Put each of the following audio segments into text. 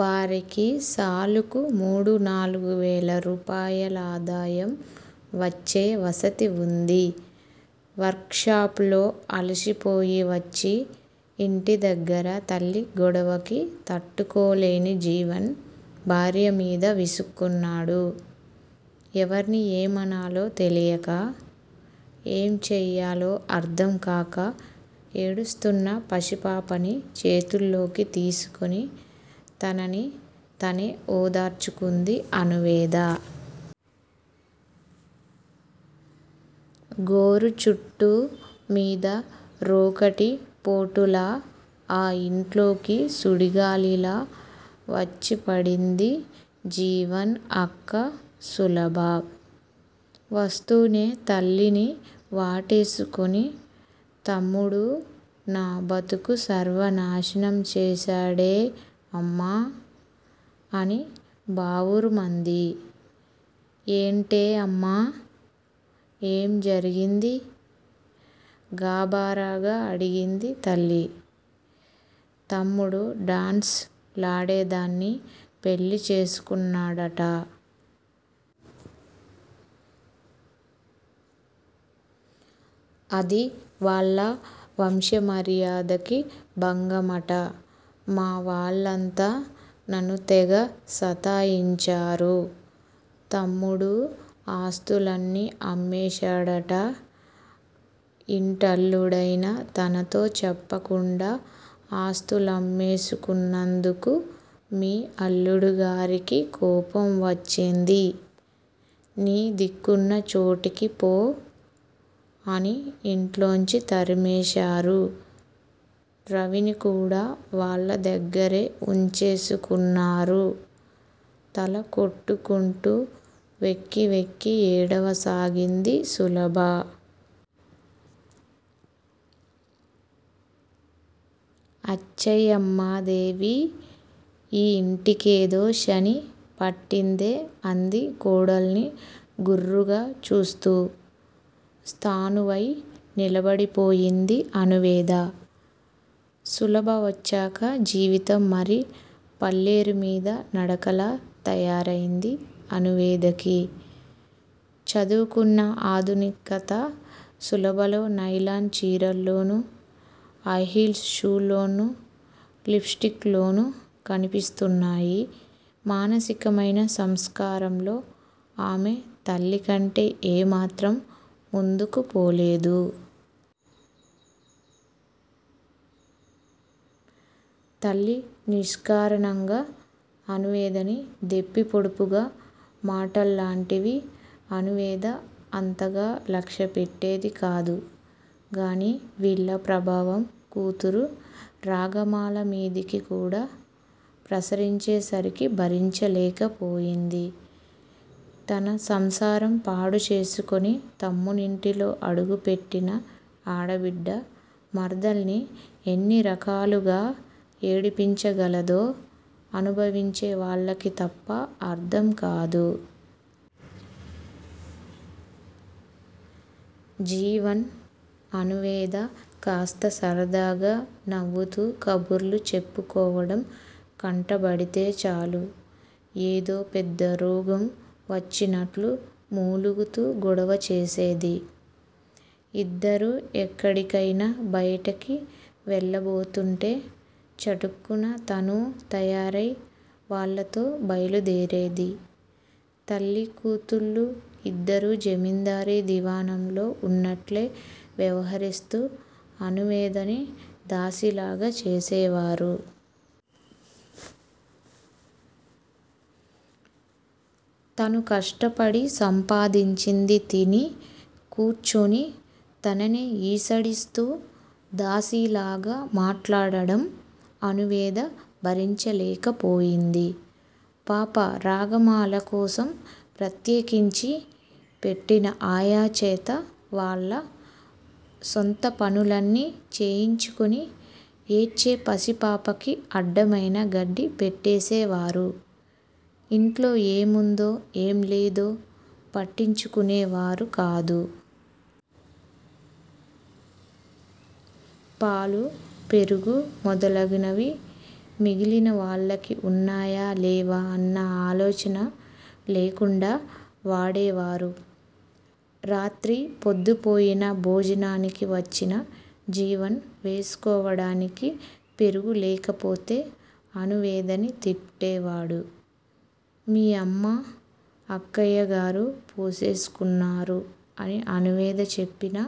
వారికి సాలుకు మూడు నాలుగువేల రూపాయలాదాయం వచ్చే వసతీ వుంది. వర్కుషాప్ లో అలసిపోయి వచ్చి ఇంటిదగ్గర తల్లి గొడవకి తట్టుకోలేని జీవన్ భార్య మీద విసుక్కున్నాడు. ఎవర్ని ఏమనాలో తెలియక, ఏం చెయ్యాలో అర్ధంకాక ఏడుస్తున్న పసిపాపని చేతుల్లోకి తీసుకోని తనని తనే ఒదార్చుకుంది అణువేద. గోరుచుట్టూ మీద రోకటి పోటులా ఆ యింట్లోకి సుడిగాలిలా వొచ్చిపడింది జీవన్ అక్క సులభ. వస్తూనే తల్లిని వాటేసుకుని తమ్ముడూ నా బతుకు సర్వనాసనం చేసేశాడే అమ్మా! అని బావురుమంది. ఏంటే అమ్మా! ఏం జరిగింది? గాభరాగా అడిగింది తల్లి. తమ్ముడు డాన్సు లాడేదాన్ని పెళ్ళి చేసుకున్నాడట. అది వాళ్ళ వంశమర్యాదకి భంగమట మా వాళ్ళంతా నన్ను తెగ సతాయించారు. తమ్ముడూ ఆస్తులన్నీ అమ్మేశాడట. ఇంటల్లుడైన తనతో చెప్పకుండా ఆస్తులమ్మేసుకున్నందుకు మీ అల్లుడిగారికి కోపం వచ్చింది. నీ దిక్కున్న చోటికి ఫో! అని యింట్లోంచి తరిమేశారు. రవిని కూడా వాళ్ళ దగ్గిరే వుంచేసుకున్నారు. తల కొట్టుకుంటూ వెక్కి వెక్కి ఏడవసాగింది సులభ. అచ్చయ్యమ్మాదేవి, ఈ యింటికేదో శని పట్టిందే అంది కోడల్ని గుర్రుగా చూస్తూ. స్థాణువై నిలబడిపోయింది అణువేద. సులభ వచ్చాక జీవితం మరి పల్లేరు మీద నడకలా తయారైంది అణువేదకి. చదువుకున్న ఆధునికత సులభలో నైలాన్ చీరల్లోను, హైహిల్స్ షూల్లోనూ, లిప్ స్టిక్ లోను కనిపిస్తున్నాయి మానసికమైన సంస్కారంలో ఆమె తల్లి కంటే ఏ మాత్రం ముందుకు పోలేదు. తల్లి నిష్కారణంగా అణువేదని దెప్పిపొడుపుగా మాటల్లాంటివి అణువేద అంతగా లక్ష్యపెట్టేది కాదు గానీ వీళ్ళ ప్రభావం కూతురు రాగమాల మీదకి కూడా ప్రసరించేసరికి భరించలేకపోయింది. తన సంసారం పాడు చేసుకుని తమ్మునింటిలో అడుగు పెట్టిన ఆడబిడ్డ మరదల్ని యెన్ని రకాలుగా ఏడిపించగలదో అనుభవించే వాళ్ళకి తప్ప అర్ధం కాదు. జీవన్, అణువేద కాస్త సరదాగా నవుతూ కబుర్లు చెప్పుకోవడం కంటబడితే చాలు ఏదో పెద్ద రోగం వచ్చినట్లు మూలుగుతూ గొడవచేసేది. ఇద్దరూ ఎక్కడికైనా బయటికి వెళ్లబోతుంటే చటుక్కున తనూ తయారై వాళ్లతో బయలుదేరేది. తల్లి కూతుళ్ళు యిద్దరూ జమిందారీ దివాణంలో వున్నట్లే వ్యవహరిస్తూ అణువేదని దాసీలాగ చేసేవారు. తను కష్టపడి సంపాదించింది తిని కూర్చుని తననే ఈసడిస్తూ దాసీలాగా మాట్లాడడం అణువేద భరించలేకపోయింది. పాప రాగమాల కోసం ప్రత్యేకించి పెట్టిన ఆయా చేత వాళ్ళ స్వంత పనులన్నీ చేయించుకుని ఏడ్చే పసిపాపకి అడ్డమైన గడ్డి పెట్టేసేవారు. ఇంట్లో ఏముందో ఏం లేదో పట్టించుకునేవారు కాదు. పాలు పెరుగు మొదలయినవి మిగిలిన వాళ్ళకి వున్నాయా లేవా అన్న ఆలోచన లేకుండా వాడేవారు. రాత్రి ప్రొద్దుపోయి భోజనానికి వచ్చిన జీవన్ వేసుకోవడానికి పెరుగు లేకపోతే అణువేదని తిట్టేవాడు. మీ అమ్మ, అక్కయ్యగారు పోసేసుకున్నారు. అని అణువేద చెప్పినా,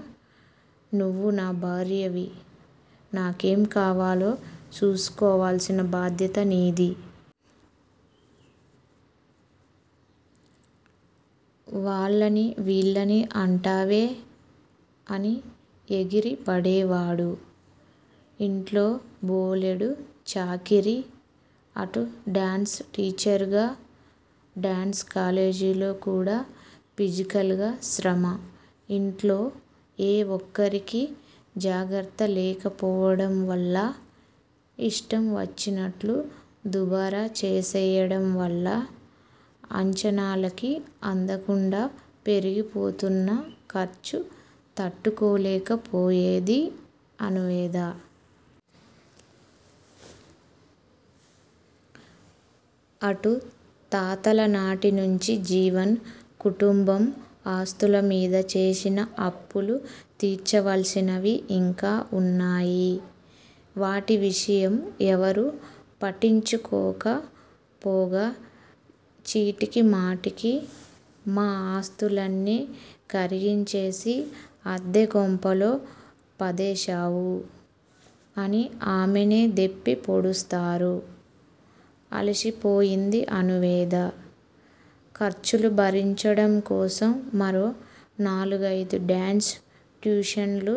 నువ్వు నా భార్యవి. నాకేం కావాలో చూసుకోవాల్సిన బాధ్యత నీది. వాళ్ళని వీళ్ళని అంటావే? అని ఎగిరి పడేవాడు. ఇంట్లో బోలెడు చాకిరీ, అటు డాన్సు టీచరుగా డాన్సు కాలేజిలో కూడా ఫిజికల్ గా శ్రమ, యింట్లో ఏ ఒక్కరికి జాగర్త లేకపోవడం వల్ల, యిష్టం వచ్చినట్లు దుబారా చేసేయడం వల్ల, అంచనాలకి అందకుండా పెరిగిపోతున్న ఖర్చు తట్టుకోలేకపోయేది అణువేద. అటు తాతల నాటి నుంచి జీవన్ కుటుంబం ఆస్తుల మీద చేసిన అప్పులు తిర్చవలసినవి ఇంకా వున్నాయి. వాటి విషయం ఎవరూ పట్టించుకోక పోగా చీటికి మాటికి, మా ఆస్తులన్నీ కరిగించేసి అద్దె కొంపలో పదేశావు. అని ఆమెనే దెప్పి పొడుస్తారు. అలసిపోయింది అణువేద. ఖర్చులు భరించడం కోసం మరో నాలుగైదు డాన్సు ట్యుషన్లు వోప్పుకుంది.